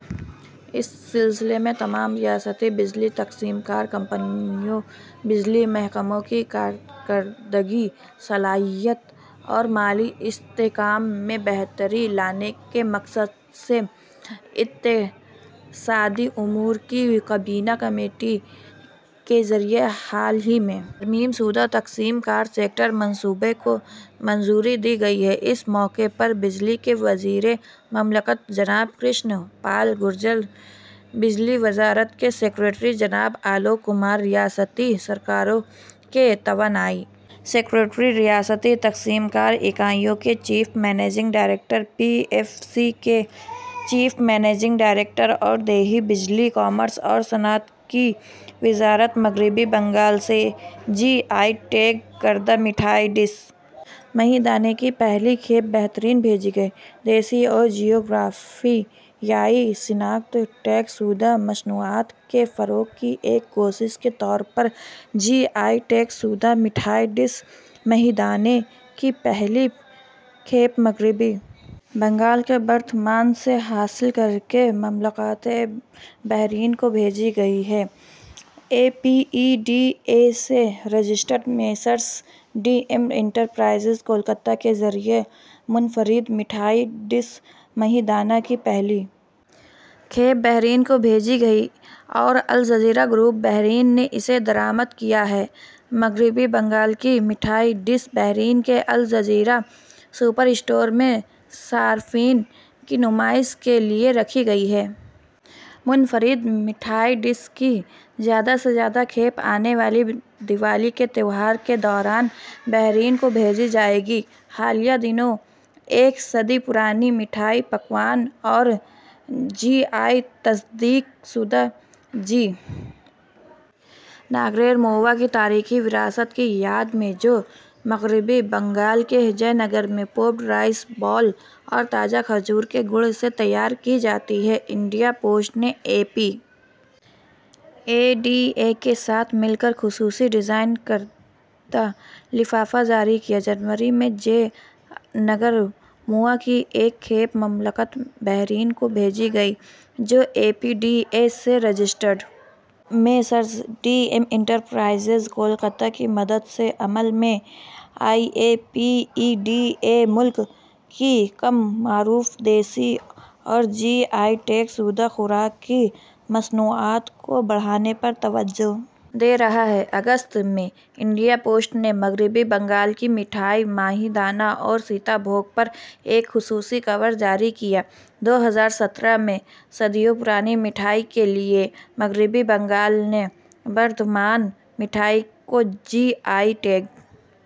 اس سلسلے میں تمام ریاستی بجلی تقسیم کار کمپنیوں بجلی محکموں کی کارکردگی صلاحیت اور مالی استحکام میں بہتری لانے کے مقصد سے اقتصادی امور کی کابینہ کمیٹی کے ذریعہ حال ہی میں ترمیم شدہ تقسیم کار سیکٹر منصوبے کو منظوری دی گئی ہے اس موقع پر بجلی کے وزیر مملکت جناب کرشن پال گورجر بجلی وزارت کے سیکریٹری جناب آلوک کمار ریاستی سرکاروں کے توانائی سیکریٹری ریاستی تقسیم کار اکائیوں کے chief managing director P F C کے چیف منیجنگ ڈائریکٹر اور دیہی بجلی کامرس اور صنعت کی وزارت مغربی بنگال سے جی آئی ٹیگ کردہ مٹھائی ڈش مہیدانہ کی پہلی کھیپ بحرین بھیجی گئی دیسی اور جغرافیائی شناخت ٹیگ شدہ مصنوعات کے فروغ کی ایک کوشش کے طور پر جی آئی ٹیگ شدہ مٹھائی ڈش مہیدانہ کی پہلی کھیپ مغربی بنگال کے بردھمان سے حاصل کر کے مملکت بحرین کو بھیجی گئی ہے A P E D A سے registered messrs D M enterprises Kolkata کے ذریعہ منفرد مٹھائی ڈش مہیدانہ کی پہلی کھیپ بحرین کو بھیجی گئی اور الجزیرہ گروپ بحرین نے اسے درآمد کیا ہے مغربی بنگال کی مٹھائی ڈش بحرین کے الجزیرہ سپر اسٹور میں صارفین کی نمائش کے لیے رکھی گئی ہے منفرد مٹھائی ڈش کی زیادہ سے زیادہ کھیپ آنے والی دیوالی کے تہوار کے دوران بحرین کو بھیجی جائے گی حالیہ دنوں ایک صدی پرانی مٹھائی پکوان اور جی آئی تصدیق شدہ جیہ ناگرر مووا کی تاریخی وراثت کی یاد میں جو مغربی بنگال کے جے نگر میں پوپڈ رائس بال اور تازہ کھجور کے گڑ سے تیار کی جاتی ہے انڈیا پوسٹ نے اے پی ای ڈی اے کے ساتھ مل کر خصوصی ڈیزائن کردہ لفافہ جاری کیا جنوری میں جے نگر موآ کی ایک کھیپ مملکت بحرین کو بھیجی گئی جو اے پی ڈی اے سے registered messrs D M enterprises Kolkata کی مدد سے عمل میں آئی اے پی ای ڈی اے ملک کی کم معروف دیسی اور جی آئی ٹیگ شدہ خوراک کی مصنوعات کو بڑھانے پر توجہ دے رہا ہے اگست میں انڈیا پوسٹ نے مغربی بنگال کی مٹھائی مہیدانہ اور سیتا بھوگ پر ایک خصوصی کور جاری کیا دو ہزار سترہ میں صدیوں پرانی مٹھائی کے لیے مغربی بنگال کی بردھمان مٹھائی کو جی آئی ٹیگ